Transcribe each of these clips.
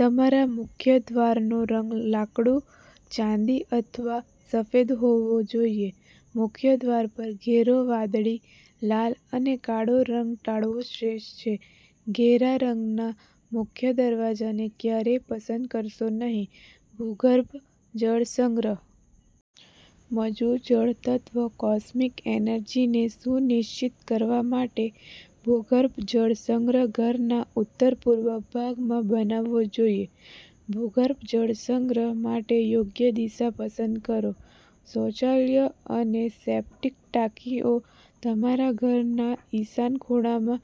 તમારા મુખ્ય દ્વારનો રંગ લાકડું, ચાંદી અથવા સફેદ હોવો જોઈએ. મુખ્ય દ્વાર પર ઘેરો વાદળી, લાલ અને કાળો રંગ ટાળવો શ્રેષ્ઠ છે. ઘેરા રંગના મુખ્ય દરવાજાને ક્યારેય પસંદ કરશો નહીં. ભૂગર્ભ જળ સંગ્રહ. મજબૂત જળ તત્વ કોસ્મિક એનર્જીને સુનિશ્ચિત કરવા માટે, ભૂગર્ભ જળ સંગ્રહ ઘરના ઉત્તર પૂર્વ ભાગમાં બનાવવો જોઈએ. ભૂગર્ભ જળ સંગ્રહ માટે યોગ્ય દિશા પસંદ કરો. શૌચાલય અને સેપ્ટિક ટાંકીઓ. તમારા ઘરના ઈશાન ખૂણામાં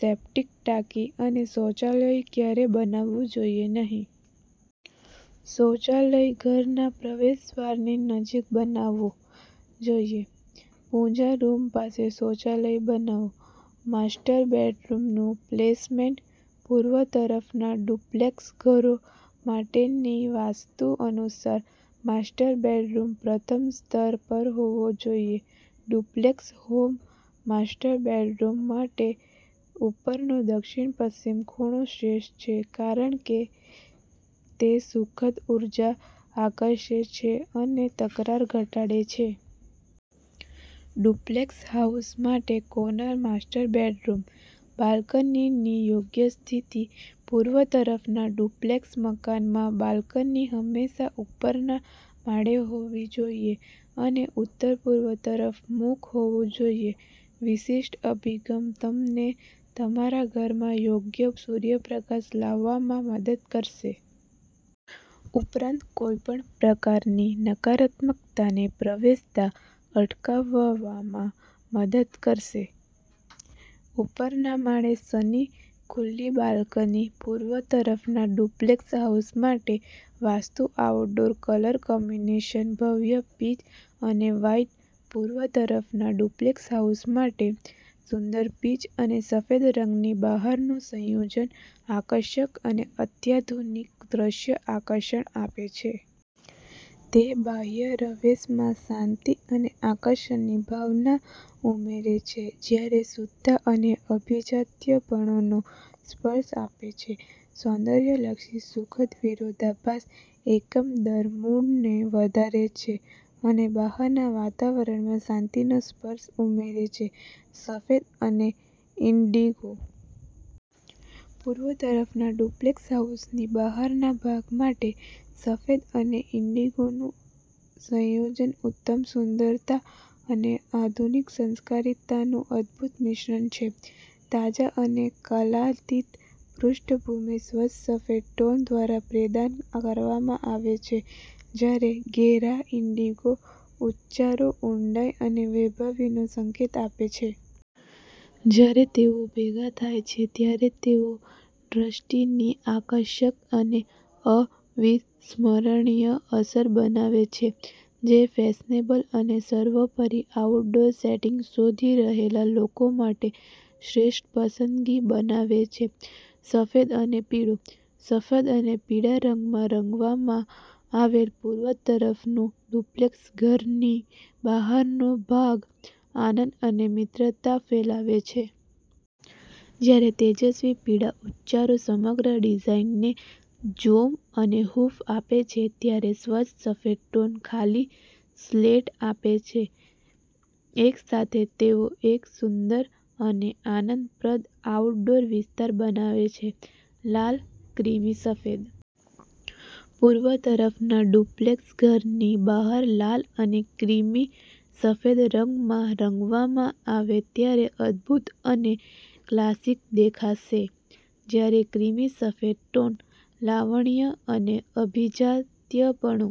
સેપ્ટિક ટાંકી અને શૌચાલય ક્યારેય બનાવવું જોઈએ નહીં. શૌચાલય ઘરના પ્રવેશદ્વારની નજીક બનાવવું જોઈએ. પૂજા રૂમ પાસે શૌચાલય બનાવો. માસ્ટર બેડરૂમનું પ્લેસમેન્ટ. પૂર્વ તરફના ડુપ્લેક્સ ઘરો માટેની વાસ્તુ અનુસાર, માસ્ટર બેડરૂમ પ્રથમ સ્તર પર હોવો જોઈએ. ડુપ્લેક્સ હોમ માસ્ટર બેડરૂમ માટે ઉપરનો દક્ષિણપશ્ચિમ ખૂણો શ્રેષ્ઠ છે કારણ કે તે સુખદ ઊર્જા આકર્ષે છે અને તકરાર ઘટાડે છે. ડુપ્લેક્સ હાઉસ માટે કોર્નર માસ્ટર બેડરૂમ. બાલ્કનીની યોગ્ય સ્થિતિ. પૂર્વ તરફના ડુપ્લેક્સ મકાનમાં, બાલ્કની હંમેશા ઉપરના માળે હોવી જોઈએ અને ઉત્તરપૂર્વ તરફ મુખ હોવું જોઈએ. વિશિષ્ટ અભિગમ તમને તમારા ઘરમાં યોગ્ય સૂર્યપ્રકાશ લાવવામાં મદદ કરશે. ઉપરાંત, કોઈપણ પ્રકારની નકારાત્મકતાને પ્રવેશતા અટકાવવામાં મદદ કરશે. ઉપરના માળે સની ખુલ્લી બાલ્કની. પૂર્વ તરફના ડુપ્લેક્સ હાઉસ માટે વાસ્તુ આઉટડોર કલર કોમ્બિનેશન. ભવ્ય પીચ અને વ્હાઇટ. પૂર્વ તરફના ડુપ્લેક્સ હાઉસ માટે, સુંદર પીચ અને સફેદ રંગની બહારનું સંયોજન આકર્ષક અને અત્યાધુનિક દ્રશ્ય આકર્ષણ આપે છે. તે બાહ્ય રવેશમાં શાંતિ અને આકર્ષણની ભાવના ઉમેરે છે જ્યારે શુદ્ધતા અને અભિજાત્યપણુનો સ્પર્શ આપે છે. સૌંદર્યલક્ષી સુખદ વિરોધાભાસ એકંદર મૂડને વધારે છે અને બહારના વાતાવરણમાં શાંતિનો સ્પર્શ ઉમેરે છે. સફેદ અને ઈન્ડિગો. પૂર્વ તરફના ડુપ્લેક્સ હાઉસની બહારના ભાગ માટે સફેદ અને ઈન્ડિગોનું રંગ સંયોજન ઉત્તમ સુંદરતા અને આધુનિક સંસ્કારિતાનું અદ્ભુત મિશ્રણ છે. તાજા અને કાલાતીત પૃષ્ઠભૂમિ સ્વચ્છ સફેદ ટોન દ્વારા પ્રદાન કરવામાં આવે છે, જ્યારે ઘેરા ઈન્ડિગો ઉચ્ચારો ઊંડાઈ અને વૈભવીનો સંકેત આપે છે. જ્યારે તેઓ ભેગા થાય છે ત્યારે તેઓ દૃષ્ટિની આકર્ષક અને અવિસ્મરણીય અસર બનાવે છે, જે ફેશનેબલ અને સર્વોપરી આઉટડોર સેટિંગ શોધી રહેલા લોકો માટે શ્રેષ્ઠ પસંદગી બનાવે છે. સફેદ અને પીળો. સફેદ અને પીળા રંગમાં રંગવામાં આવેલ પૂર્વ તરફનું ડુપ્લેક્સ ઘરની બહારનો ભાગ આનંદ અને મિત્રતા ફેલાવે છે. જ્યારે તેજસ્વી પીળા ઉચ્ચારો સમગ્ર ડિઝાઇનને જોમ અને હૂંફ આપે છે, ત્યારે સ્વચ્છ સફેદ ટોન ખાલી સ્લેટ આપે છે. એકસાથે, તેઓ એક સુંદર અને આનંદપ્રદ આઉટડોર વિસ્તાર બનાવે છે. લાલ અને ક્રીમી સફેદ. પૂર્વ તરફના ડુપ્લેક્સ ઘરની બહાર લાલ અને ક્રીમી સફેદ રંગમાં રંગવામાં આવે ત્યારે અદભૂત અને ક્લાસિક દેખાશે. જ્યારે ક્રીમી સફેદ ટોન લાવણ્ય અને અભિજાત્યપણુ